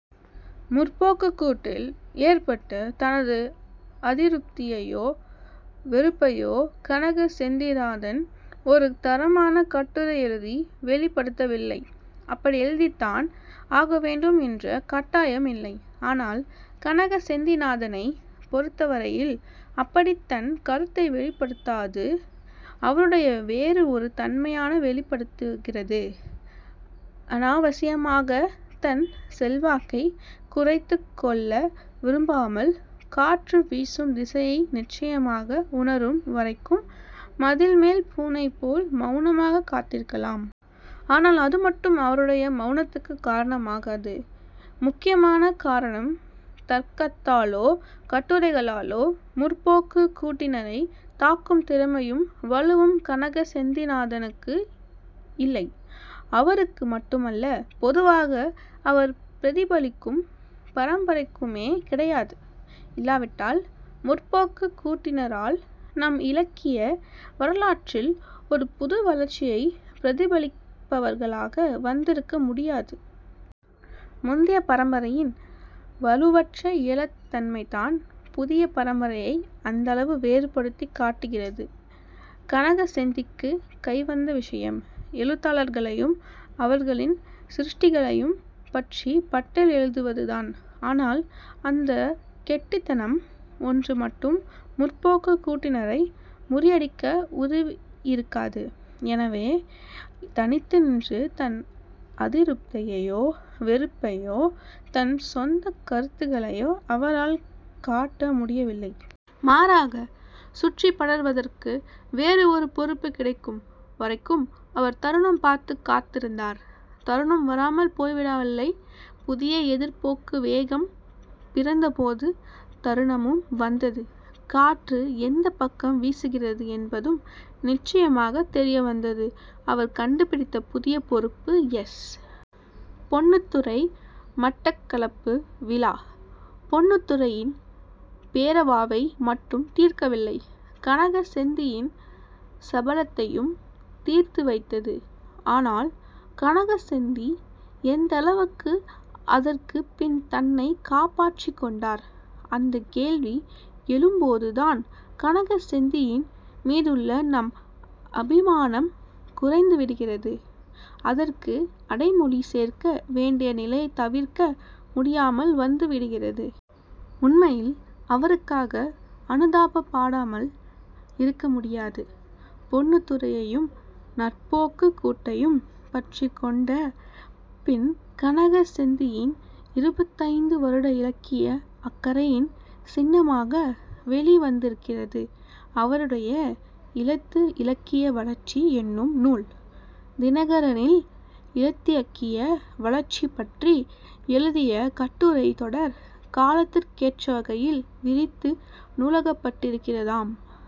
முற்போக்கு'க் கூட்டில் ஏற்பட்ட தனது அதிருப்தியையோ வெறுப்பையோ கனக செந்திநாதன் ஒரு தரமான கட்டுரை எழுதி வெளிப்படுத்தவில்லை. அப்படி எழுதித்தான் ஆகவேண்டும் என்ற கட்டாயம் இல்லை. ஆனால் கனக செந்திநாதனைப் பொருத்தவரையில் அப்படித் தன் கருத்தை வெளிப்படுத்தாது அவருடைய வேறு ஒரு தன்மையை வெளிப்படுத்துகிறது. அனாவசியமாகத் தன் செல்வாக்கைக் குறைத்துக்கொள்ள விரும்பாமல் காற்று வீசும் திசையை நிச்சயமாக உணரும் வரைக்கும் மதில்மேல் பூனைபோல் மௌனமாகக் காத்திருக்கலாம். ஆனால் அதுமட்டும் அவருடைய மௌனத்துக்குக் காரணமாகாது. முக்கியமான காரணம் தர்க்கத்தாலோ கட்டுரைகளாலோ 'முற்போக்கு'க் கூட்டினரைத் தாக்கும் திறமையும் வலுவும் கனக செந்திநாதனுக்கு இல்லை. அவருக்கு மட்டுமல்ல, பொதுவாக அவர் பிரதிபலிக்கும் பரம்பரைக்குமே கிடையாது. இல்லாவிட்டால், 'முற்போக்கு'க் கூட்டினரால் நம் இலக்கிய வரலாற்றில் ஒரு புது வளர்ச்சியைப் பிரதிபலிப்பவர்களாக வந்திருக்க முடியாது. முந்திய பரம்பரையின் வலுவற்ற இயலாத் தன்மைதான் புதிய பரம்பரையை அந்தளவு வேறுபடுத்திக் காட்டுகிறது. கனக செந்திக்கு கைவந்த விசயம், எழுத்தாளர்களையும் அவர்களின் சிருஷ்டிகளையும் பற்றிப் பட்டியல் எழுதுவதுதான். ஆனால்அந்தக் கெட்டித்தனம் ஒன்று மட்டும் 'முற்போக்கு'க் கூட்டினரை முறியடிக்க உதவியிருக்காது. எனவே, தனித்து நின்று தன் அதிருப்தியையோ, வெறுப்பையோ, தன் சொந்தக் கருத்துகளையோ அவரால் காட்ட முடியவில்லை. மாறாக, சுற்றிப் படர்வதற்கு வேறு ஒரு பொறுப்பு கிடைக்கும் வரைக்கும் அவர் தருணம் பார்த்துக் காத்திருந்தார். தருணம் வராமல் போய்விடவில்லை. புதிய எதிர் 'முற்போக்கு' வேகம் பிறந்தபோது தருணமும் வந்தது. காற்று எந்தப் பக்கம் வீசுகிறது என்பதும் நிச்சயமாகத் தெரியவந்தது. அவர் கண்டுபிடித்த புதிய பொறுப்பு எஸ். பொன்னுத்துரை. மட்டக்களப்பு விழா, பொன்னுத்துரையின் பேரவாவை மட்டும் தீர்க்கவில்லை. கனக செந்தியின் சபலத்தையும் தீர்த்துவைத்தது. ஆனால் கனகசெந்தி எந்தளவுக்கு அதற்குப் பின் தன்னை காப்பாற்றிக் கொண்டார்? அந்தக் கேள்வி எழும்போதுதான் கனக செந்தியின் மீதுள்ள நம் அபிமானம் குறைந்துவிடுகிறது. அதற்கு அடைமொழி சேர்க்க வேண்டிய நிலை தவிர்க்க முடியாமல் வந்துவிடுகிறது. உண்மையில் அவருக்காக அனுதாபப் படாமல் இருக்க முடியாது. பொன்னுத்துரையையும் 'நற்போக்கு'க் கூட்டையும் பற்றிக் கொண்ட பின் கனக செந்தியின் இருபத்தைந்து வருட இலக்கிய அக்கறையின் சின்னமாக வெளிவந்திருக்கிறது அவருடைய 'ஈழத்து இலக்கிய வளர்ச்சி' என்னும் நூல். 'தினகரனி'ல் ஈழத்திலக்கிய வளர்ச்சிபற்றி எழுதிய கட்டுரைத் தொடர் காலத்துக்கேற்றவகையில் விரித்து நூலாக்கப்பட்டிருக்கிறதாம்.